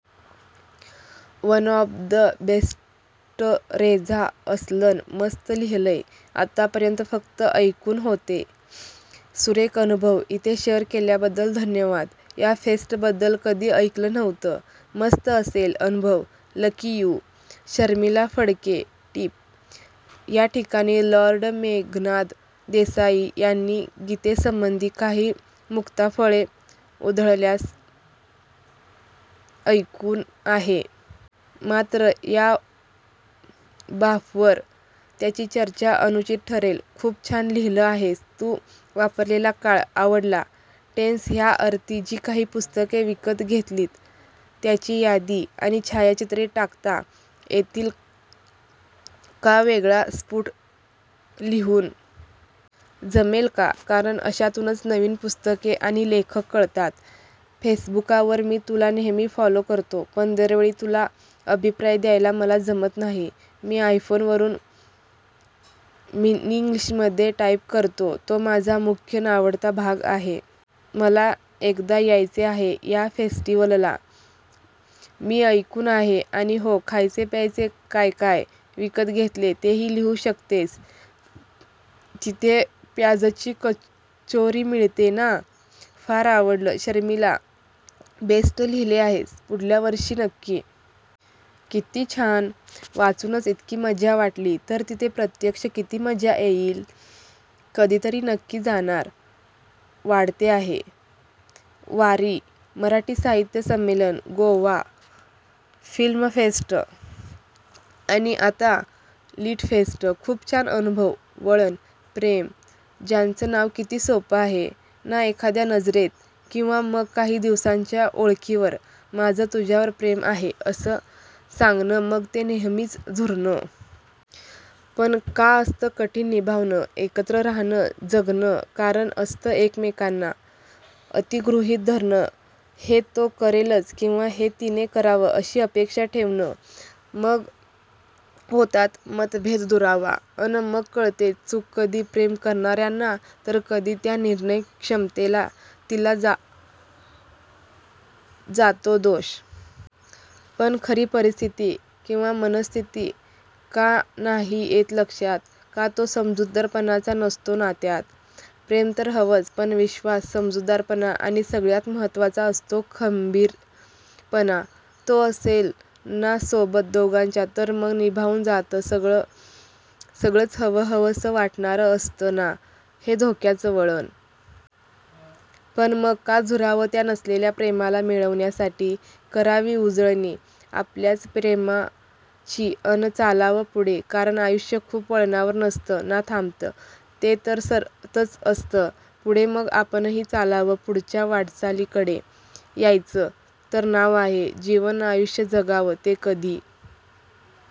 One of the best Reza Aslan. मस्त लिहिलयं! आत्ता पर्यंत फक्त ऐकून होते. सुरेख अनुभव! इथे शेअर केल्याबद्दल धन्यवाद. या फेस्टबद्दल कधी ऐकलं नव्हतं. मस्त असेल अनुभव. Lucky you! शर्मिला फडके, टीप: या ठिकाणी लॉर्ड मेघनाद देसाई यांनी गीतेसंबंधी काही मुक्ताफळे उधळल्याचं ऐकून आहे. मात्र या बाफवर त्याची चर्चा अनुचित ठरेल. खूप छान लिहिलं आहेस. तू वापरलेला काळ आवडला. टेन्स ह्या अर्थी. जी काही पुस्तके विकत घेतलीत त्याची यादी आणि छायाचित्रे टाकता येतील का वेगळा स्फुट लिहून? जमेल का? कारण, अशातूनच नवीन पुस्तके आणि लेखक कळतात. फेसबुकावर मी तुला नेहमी फॉलो करतो पण दरवेळी तुला अभिप्राय द्यायला मला जमत नाही. मी आयफोनवरुन मिन्ग्लिशमधे टाईप करतो. तो माझा मुख्य नावडता भाग आहे. मला एकदा यायचे आहे ह्या फेस्टीवलला. मी ऐकून आहे. आणि हो, खायचे प्यायचे काय काय विकत घेतले तेही लिहू शकतेस. तिथे प्याजची कचोरी मिळतो ना? फार आवडलं! शर्मिला, बेस्ट लिहिले आहेस. पुढल्या वर्षी नक्की!!! कित्ती छान! वाचूनच इतकी मज्जा वाटली तर तिथे प्रत्यक्ष किती मजा येईल! कधीतरी नक्की जाणार! वाढते आहे! वारी, मराठी साहित्य संमेलन, गोवा फिल्म फेस्ट आणि आता हा लिट फेस्ट! खुप छान अनुभव. वळण"प्रेम" ज्याचं नावकिती सोप्प आहे नाएखाद्या नजरेत किंवा मग काही दिवसांच्या ओळखीवर, माझं तुझ्यावर प्रेम आहे असं सांगणंमग ते नेहमीच झुरणं.. पण का असत कठीण निभावणं..? एकत्र राहणं.. जगणंकारण असत एकमेकांना "अति" गृहीत धरणंहे तो करेलच किंवा हे तिने करावं अशी अपेक्षा ठेवणं.. मग होतात मतभेददुरावा अन मग कळते चूक कधी प्रेम करणार्यांना तर कधी त्या निर्णय क्षमतेला तिला जातो दोष.. पण खरी परिस्तिथी किंवा मनःस्तिथी का नाही येत लक्षात? का तो समजूतदारपणा नसतो नात्यात..? प्रेम तर हवंच पण विश्वास, समजूतदारपणाआणि सगळ्यात महत्त्वाचा असतो खंबीरपणातो असेल ना सोबत दोघांच्या तर मग निभावून जात सगळंचहवंहवंसं वाटणार असत ना हे धोक्याचं वळण.. पण मग का झुरावं त्या नसलेल्या प्रेमाला मिळवण्यासाठी? करावी उजळणी आपल्याच प्रेमाचीअन चालावं पुढेकारण आयुष्य एका वळणावर नसत ना थांबत.. ते तर सरतंच असत पुढेमग आपणही चालावंपुढच्या वाटचालीकडेयाचंच तर नाव आहे जीवनआयुष्यजगावं तेकधी